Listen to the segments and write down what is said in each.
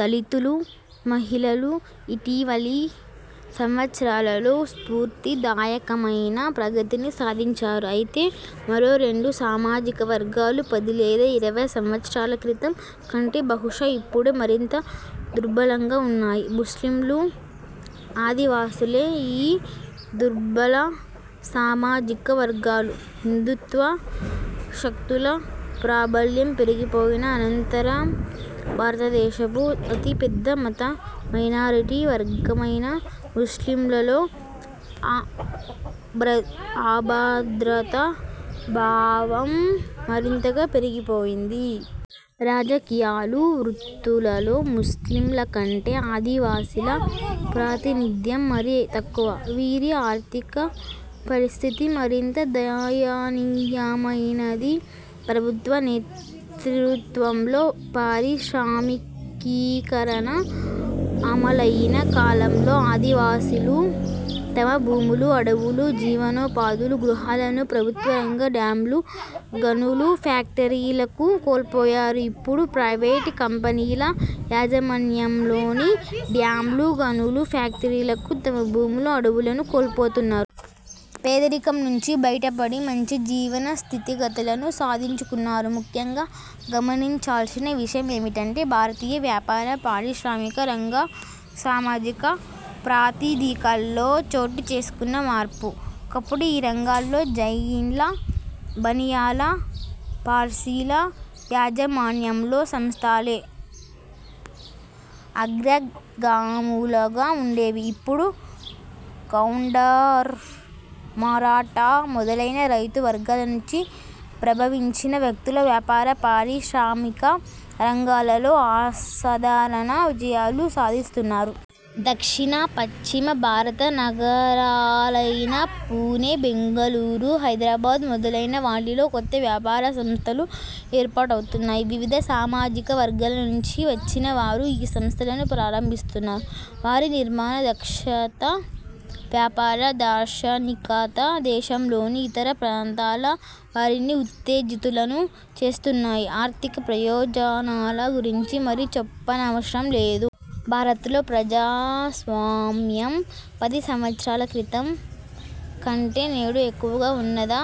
దళితులు, మహిళలు ఇటీవలి సంవత్సరాలలో స్ఫూర్తిదాయకమైన ప్రగతిని సాధించారు. అయితే మరో రెండు సామాజిక వర్గాలు పది లేదా ఇరవై సంవత్సరాల క్రితం కంటే బహుశా ఇప్పుడే మరింత దుర్భలంగా వున్నాయి. ముస్లింలు, ఆదివాసులే ఈ దుర్భల సామాజిక వర్గాలు. హిందూత్వ శక్తుల ప్రాబల్యం పెరిగిపోయిన అనంతరం భారతదేశపు అతి పెద్ద మత మైనారిటీ వర్గమైన ముస్లింలలో అభద్రతా భావం మరింతగా పెరిగిపోయింది. రాజకీయాలు, వృత్తులలో ముస్లింల కంటే ఆదివాసీల ప్రాతినిధ్యం మరీ తక్కువ. వీరి ఆర్థిక పరిస్థితి మరింత దయనీయమైనది. ప్రభుత్వ నేతృత్వంలో పారిశ్రామికీకరణ అమలయిన కాలంలో ఆదివాసీలు తమ భూములు, అడవులు, జీవనోపాధులు, గృహాలను ప్రభుత్వరంగ డ్యామ్లు, గనులు, ఫ్యాక్టరీలకు కోల్పోయారు; ఇప్పుడు ప్రైవేట్ కంపెనీల యాజమాన్యంలోని డ్యామ్లు, గనులు, ఫ్యాక్టరీలకు తమ భూములు, అడవులను కోల్పోతున్నారు. పేదరికం నుంచి బయటపడి మంచి జీవన స్థితిగతులను సాధించుకున్నారు. ముఖ్యంగా గమనించాల్సిన విషయమేమిటంటే భారతీయ వ్యాపార పారిశ్రామిక రంగ సామాజిక ప్రాతిదికల్లో చోటుచేసుకున్న మార్పు. ఒకప్పుడు ఈ రంగాల్లో జైన్ల, బనియాల, పార్సీల యాజమాన్యంలో సంస్థలే అగ్రగాములుగా వుండేవి. ఇప్పుడు గౌండార్, మరాఠా మొదలైన రైతు వర్గాల నుంచి ప్రభవించిన వ్యక్తులు వ్యాపార, పారిశ్రామిక రంగాలలో అసాధారణ విజయాలు సాధిస్తున్నారు. దక్షిణ, పశ్చిమ భారత నగరాలైన పూణే, బెంగళూరు, హైదరాబాద్ మొదలైన వాటిలో కొత్త వ్యాపారసంస్థలు ఏర్పాటవుతున్నాయి. వివిధ సామాజిక వర్గాల నుంచి వచ్చిన వారు ఈ సంస్థలను ప్రారంభిస్తున్నారు. వారి నిర్మాణ దక్షత, వ్యాపార దార్శనికత దేశంలోని ఇతర ప్రాంతాల వారిని ఉత్తేజితులను చేస్తున్నాయి. ఆర్థిక ప్రయోజనాల గురించి మరి చెప్పనవసరం లేదు. భారత్లో ప్రజాస్వామ్యం పది సంవత్సరాల క్రితం కంటే నేడు ఎక్కువగా వున్నదా?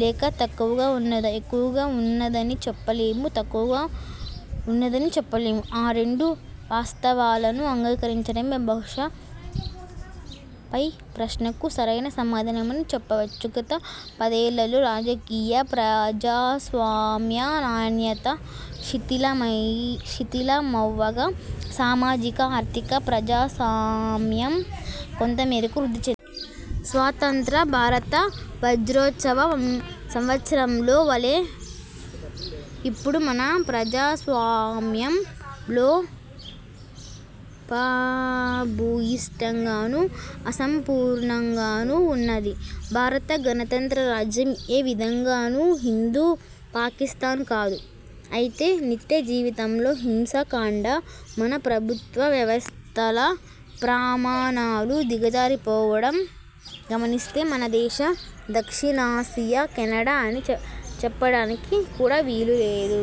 లేక తక్కువగా వున్నదా? ఎక్కువగా వున్నదనీ చెప్పలేము. తక్కువగా వున్నదనీ చెప్పలేము. ఆ రెండు వాస్తవాలను ఆంగీకరించడమే బహుశా పై ప్రశ్నకు సరైన సమాధానమని చెప్పవచ్చు. గత పదేళ్ళలో రాజకీయ ప్రజాస్వామ్య నాణ్యత శిథిలమవ్వగా సామాజిక, ఆర్థిక ప్రజాస్వామ్యం కొంతమేరకు వృద్ధి చెంది స్వతంత్ర భారత వజ్రోత్సవ సంవత్సరం లో వలే ఇప్పుడూ మన ప్రజాస్వామ్యం లోపభూయిష్టంగానూ, అసంపూర్ణంగానూ వున్నది. భారత గణతంత్ర రాజ్యం ఏ విధంగాను హిందూ పాకిస్థాన్ కాదు. అయితే నిత్యజీవితంలో హింసాకాండ, మన ప్రభుత్వవ్యవస్థల ప్రమాణాలు దిగజారిపోవడం గమనిస్తే మన దేశం దక్షిణాసియా కెనడా అని చెప్పడానికి కూడా వీలులేదు.।